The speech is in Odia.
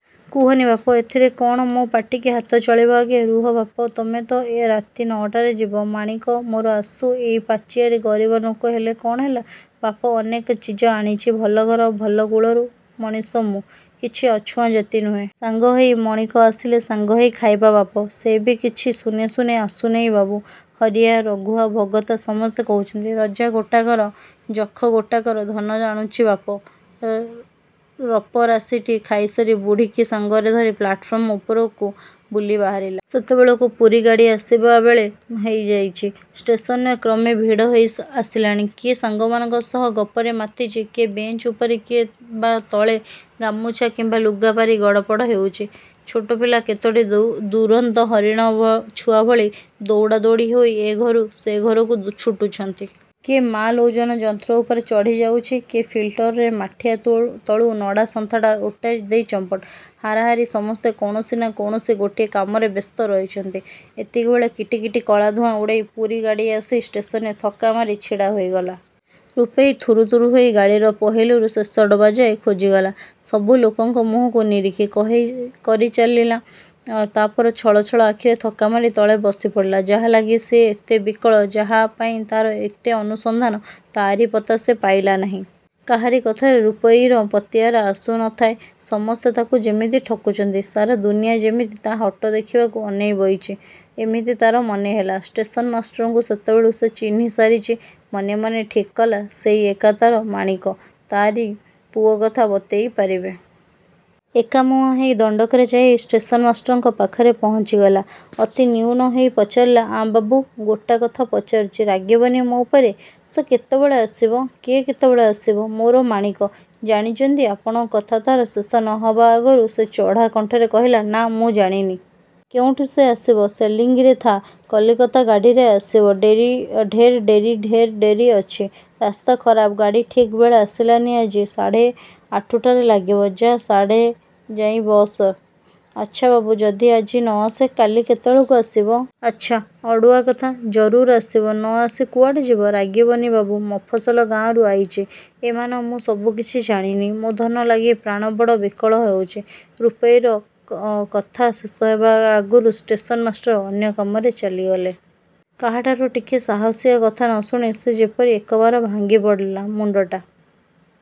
କୁହନି ବାପ, ଏଥିରେ କଣ ମୋ ପାଟିକି ହାତ ଚଳିବ ଆଗେ। ରୁହ ବାପ, ତମେ ତ ରାତି ନ'ଟାରେ ଯିବ। ମାଣିକ ମୋର ଆସୁ, ଏଇ ପାଚିଆରେ, ଗରିବ ନୋକ ହେଲେ କଣ ହେଲା ବାପ, ଅନେକ ଚିଜ ଆଣିଚି। ଭଲ ଘର, ଭଲ କୂଳର ମଣିଷ ମୁଁ, କିଛି ଅଛୁଆଁ ଜାତି ନୁହେଁ। ସାଙ୍ଗ ହେଇ, ମଣିକ ଆସିଲେ ସାଙ୍ଗ ହେଇ ଖାଇବା ବାପ। ସେ ବି କିଛି ଶୂନେ ଶୂନେ ଆସୁନେଇ ବାବୁ, ହରିଆ, ରଘୁଆ, ଭଗତା ସମତେ କହୁଚନ୍ତି–ରଜା ଗୋଟାକର, ଯଖ ଗୋଟାକର ଧନ ଆଣୁଚି ବାପ। ରପରାସିଟି ଖାଇସାରି ବୁଢ଼ୀକି ସାଙ୍ଗରେ ଧରି ପ୍ଲାଟଫର୍ମ ଉପରକୁ ବୁଲି ବାହାରିଲା। ସେତେବେଳକୁ ପୁରୀ ଗାଡ଼ି ଆସିବା ବେଳ ହେଇଯାଇଚି। ଷ୍ଟେସନରେ କ୍ରମେ ଭିଡ଼ ହେଇଆସିଲାଣି। କିଏ ସାଙ୍ଗମାନଙ୍କ ସହ ଗପରେ ମାତିଚି। କିଏ ବେଞ୍ଚ ଉପରେ କିଏ ବା ତଳେ ଗାମୁଛା କିମ୍ବା ଲୁଗାପାରି ଗଡ଼ପଡ଼ ହେଉଚି। ଛୋଟପିଲା କେତୋଟି ଦୁରନ୍ତ ହରିଣ ଛୁଆ ଭଳି ଦୌଡ଼ା ଦୌଡ଼ି ହେଇ ଏ ଘରୁ ସେ ଘରକୁ ଛୁଟୁଚନ୍ତି। କିଏ ମାଲ ଓଜନ ଯନ୍ତ୍ର ଉପରେ ଚଢ଼ି ଯାଉଚି-। କିଏ ଫିଲ୍ଟରର ମାଠିଆ ତଳୁ ନଡ଼ା ସନ୍ଥାଟା ଓଟାରି ଦେଇ ଚମ୍ପଟ। ହାରାହାରି ସମସ୍ତେ କୌଣସି ନା କୌଣସି ଗୋଟିଏ କାମରେ ବ୍ୟସ୍ତ ରହିଚନ୍ତି। ଏତିକିବେଳେ କିଟିକିଟି କଳା ଧୂଆଁ ଉଡ଼େଇ ପୁରୀ ଗାଡ଼ି ଆସି ଷ୍ଟେସନରେ ଥକ୍କା ମାରି ଛିଡ଼ା ହେଇଗଲା। ରୂପେଇ ଥୁରୁଥୁରୁ ହେଇ ଗାଡ଼ିର ପହିଲିରୁ ଶେଷ ଡବାଯାଏ ଖୋଜିଗଲା। ସବୁ ଲୋକଙ୍କ ମୁହଁକୁ ନିରୀଖି। କରି ଚାହିଁଲା। ତା'ପରେ ଛଳଛଳ ଆଖିରେ ଥକା ମାରି ତଳେ ବସିପଡ଼ିଲା। ଯା'ଲାଗି ସିଏ ଏତେ ବିକଳ, ଯା'ପାଇଁ ତାର ଏତେ ଅନୁସନ୍ଧାନ, ତାରି ପତା ସେ ପାଇଲା ନାହିଁ। କାହାରି କଥାରେ ରୂପେଇର ପତିଆରା ଆସୁ ନ ଥାଏ। ସମସ୍ତେ ତାକୁ ଯେମିତି ଠକୁଚନ୍ତି। ସାରା ଦୁନିଆ ଯେମିତି ତା' ହଟ ଦେଖିବାକୁ ଅନେଇ ବସିଚି, ଏମିତି ତାର ମନେ ହେଲା-। ଷ୍ଟେସନମାଷ୍ଟରଙ୍କୁ ସେତେବେଳକୁ ସେ ଚିହ୍ନି ସାରିଚି, ମନେମନେ ଠିକ୍ କଲା ସେହି ଏକା ତାର ମାଣିକ, ତାରି ପୁଅ କଥା ବତେଇ ପାରିବେ। ଏକମୁହାଁ ହେଇ ଦଣ୍ଡକରେ ଯାଇଁ ଷ୍ଟେସନମାଷ୍ଟରଙ୍କ ପାଖରେ ପହଞ୍ଚିଗଲା। ଅତି ନିଉନ ହେଇ ପଚାରିଲା–"ଆଁ–ବାବୁ, ଗୋଟା କଥା ପଚାରୁଚି, ରାଗିବନି ମୋ ଉପରେ, ସେ କେତେବେଳେ ଆସିବ? –କିଏ କେତେବେଳେ ଆସିବ? –ମୋର ମାଣିକ, ଜାଣିଚ'ନ୍ତି ଆପଣ... କଥା ତା'ର ଶେଷ ନ ହେବା ଆଗରୁ ସେ ଚଢ଼ା କଣ୍ଠରେ କହିଲେ–ନା, ମୁଁ ଜାଣିନି। କେଉଠୁ ସେ ଆସିବ? –ଶେଲିଙ୍ଗିରେ ଥା', କଲିକତା ଗାଡ଼ିରେ ଆସିବ। –ଢେର ଡେରି, ଢେର ଡେରି ଅଛି। ରାସ୍ତା ଖରାପ, ଗାଡ଼ି ଠିକ୍ବେଳେ ଆସିଲାନି ଆଜି, ସାଢ଼େ ଆଠୁଟାରେ ଲାଗିବ। ଯା, ସାଢ଼େ ଯାଇଁ ବସି ର'। –ଆଚ୍ଛା ବାବୁ, ଯଦି ଆଜି ନ ଆସେ, କାଲି କେତେବେଳକୁ ଆସିବ? –ଆଚ୍ଛା ଅଡ଼ୁଆ କଥା। ଜରୁର୍ ଆସିବ, ନ ଆସି କୁଆଡ଼େ ଯିବ। –ରାଗିବନି ବାବୁ, ମଫସଲ ଗାଁରୁ ଆଇଚି, ଏ ମାନ ମୁଁ ସବୁ କିଛି ଜାଣିନି। ମୋ ଧନ ଲାଗି ପ୍ରାଣ ବଡ଼ ବିକଳ ହଉଚି। ରୂପେଇର କଥା ଶେଷ ହେବା ଆଗରୁ ଷ୍ଟେସନମାଷ୍ଟର ଅନ୍ୟ କାମରେ ଚାଲିଗଲେ। କାହାଠାରୁ ଟିକେ ସାହସିଆ କଥା ନ ଶୁଣି ସେ ଯେମିତି ଏକବାର ଭାଙ୍ଗି ପଡ଼ିଲା। ମୁଣ୍ଡଟା